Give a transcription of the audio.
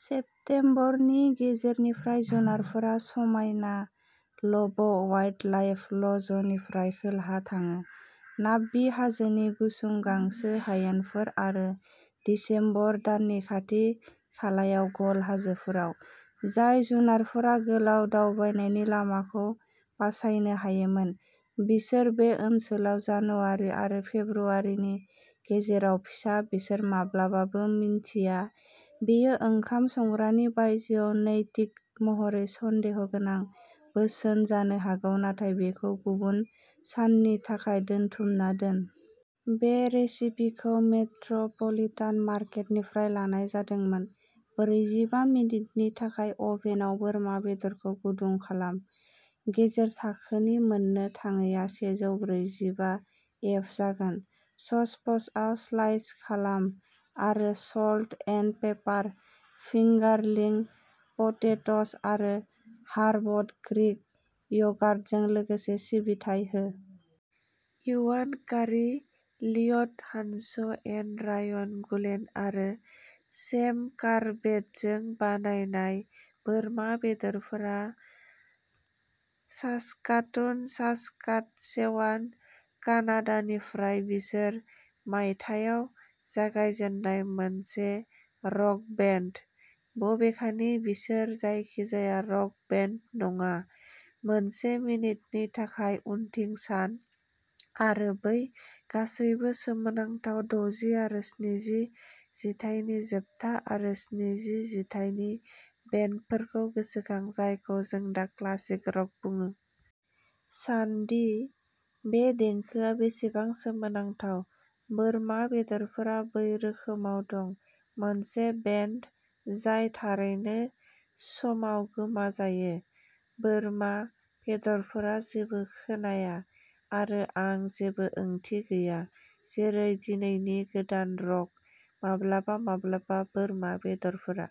सेप्टेम्बरनि गेजेरनिफ्राय जुनारफोरा समायना लब'वाइल्डलाइफ ल'जनिफ्राय खोलाहा थाङो, नाब्बी हाजोनि गुसुं गांसो हायेनफोर आरो दिसेम्बर दाननि खाथि-खालायाव गल हाजोफोराव। जाय जुनारफोरा गोलाव दावबायनायनि लामाखौ बासायनो हायोमोन, बिसोर बे ओनसोलाव जानुवारि आरो फेब्रुआरिनि गेजेराव फिसा बिसोर माब्लाबाबो मिन्थिया, बेयो ओंखाम संग्रानि बायजोआव नैतिक महरै सन्देहगोनां बोसोन जानो हागौ नाथाय बेखौ गुबुन साननि थाखाय दोनथुमना दोन। बे रेसिपिखौ मेट्र'पलिटान मार्केटनिफ्राय लानाय जादोंमोन। ब्रैजिबा मिनिटनि थाखाय अभेनआव बोरमा बेदरखौ गुदुं खालाम, गेजेर थाखोनि मोननो थाङैआ सेजौ ब्रैजिबा एफ जागोन। चप्सआव स्लाइस खालाम आरो salt and pepper fingerling potatoes आरो हार्बड ग्रीक य'गार्टजों लोगोसे सिबिथाय हो। इवान कारि, लिय'ट हानस', एन रायन गुलेन आरो सेम कर्बेटजों बानायनाय बोरमा बेदरफोरा सास्काटुन, सास्काटचेवान, कानाडानिफ्राय बिसोर मायथाइयाव जागायजेन्नाय मोनसे रक बेन्ड। बबेखानि बिसोर जायखिजाया रक बेन्ड नङा। मोनसे मिनिटनि थाखाय उनथिं सान आरो बै गासैबो सोमोनांथाव दजि आरो स्निजि जिथाइनि जोबथा आरो स्निजि जिथाइनि बेन्डफोरखौ गोसोखां, जायखौ जों दा क्लासिक रक बुङो। सानदि बे देंखोआ बेसेबां सोमोनांथाव। बोरमा बेदरफोरा बै रोखोमाव दं। मोनसे बेन्ड जाय थारैनो समाव गोमाजायो, बोरमा बेदरफोरा जेबो खोनाया आरो आं जेबो ओंथि गैया, जेरै दिनैनि गोदान रक। माब्लाबा-माब्लाबा बोरमा बेदरफोरा।